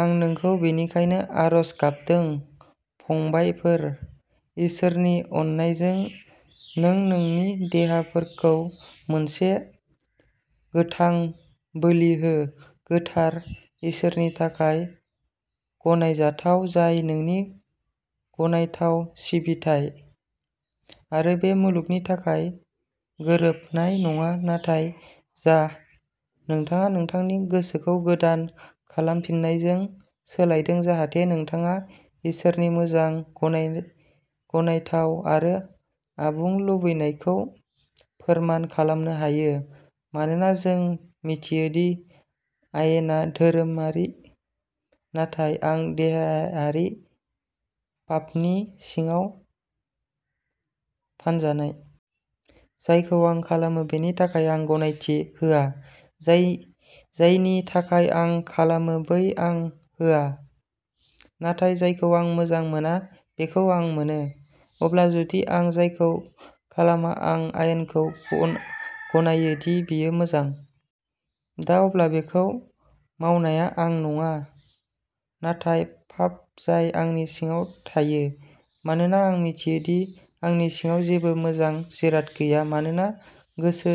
"आं नोंखौ बेनिखायनो आरज गाबदों, फंबायफोर, इसोरनि अननायजों, नों नोंनि देहाफोरखौ मोनसे गोथां बोलि हो, गोथार, इसोरनि थाखाय गनायजाथाव, जाय नोंनि गनायथाव सिबिथाइ। आरो बे मुलुगनि थाखाय गोरोबनाय नङाः नाथाय जा। नोंथाङा नोंथांनि गोसोखौ गोदान खालामफिननायजों सोलायदों, जाहाथे नोंथाङा इसोरनि मोजां, गनायथाव आरो आबुं लुबैनायखौ फोरमान खालामनो हायो "" मानोना जों मिथियो दि आयेनआ धोरोमारिः नाथाय आं देहायारि, पापनि सिङाव फानजानाय। जायखौ आं खालामो बेनि थाखाय आं गनायथि होआः जायनि थाखाय आं खालामो, बैखौ आं होआ; नाथाय जायखौ आं मोजां मोना, बैखौ आं मोनो। अब्ला जुदि आं जायखौ खालामा, आं आयेनखौ गनायो दि बेयो मोजां। दा अब्ला बेखौ मावनाया आं नङा, नाथाय पाप जाय आंनि सिङाव थायो। मानोना आं मिथियो दि आंनि सिङाव जेबो मोजां जिराद गैयाः मानोना गोसो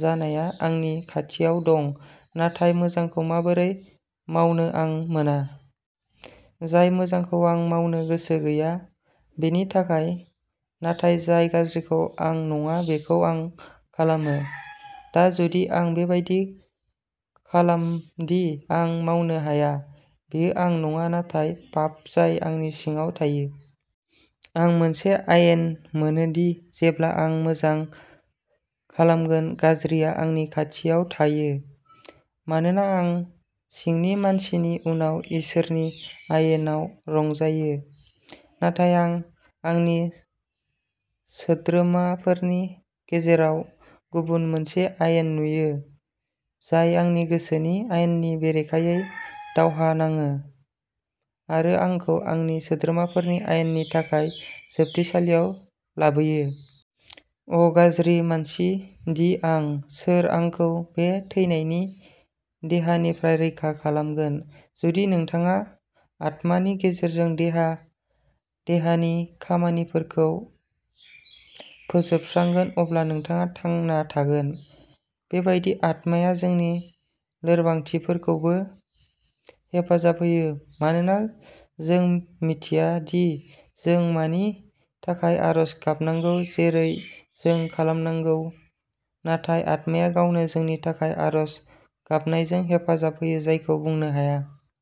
जानाया आंनि खाथियाव दं; नाथाय मोजांखौ माबोरै मावनो आं मोना। जाय मोजांखौ आं मावनो गोसो गैया बेनि थाखायः नाथाय जाय गाज्रिखौ आं नङा, बेखौ आं खालामो। दा जुदि आं बेबादि खालामदि आं मावनो हाया, बेयो आं नङा, नाथाय पाप जाय आंनि सिङाव थायो। आं मोनसे आयेन मोनो, दि, जेब्ला आं मोजां खालामगोन, गाज्रिआ आंनि खाथियाव थायो। मानोना आं सिंनि मानसिनि उनाव इसोरनि आयेनाव रंजायोः नाथाय आं आंनि सोद्रोमाफोरनि गेजेराव गुबुन मोनसे आयेन नुयो, जाय आंनि गोसोनि आयेननि बेरेखायै दावहा नायो, आरो आंखौ आंनि सोद्रोमाफोरनि आयेननि थाखाय जोबथेसालियाव लाबोयो। अ, गाज्रि मानसि दि आं! सोर आंखौ बे थैनायनि देहानिफ्राय रैखा खालामगोन? "" जुदि नोंथाङा आत्मानि गेजेरजों देहानि खामानिफोरखौ फोजोबस्रांगोन, अब्ला नोंथाङा थांना थागोन "" बेबायदिनो आत्माया जोंनि लोरबांथिफोरखौबो हेफाजाब होयोः मानोना जों मिथिया दि जों मानि थाखाय आरज गाबनांगौ जेरै जों खालामनांगौः नाथाय आत्माया गावनो जोंनि थाखाय आरज गाबनायजों हेफाजाब होयो जायखौ बुंनो हाया।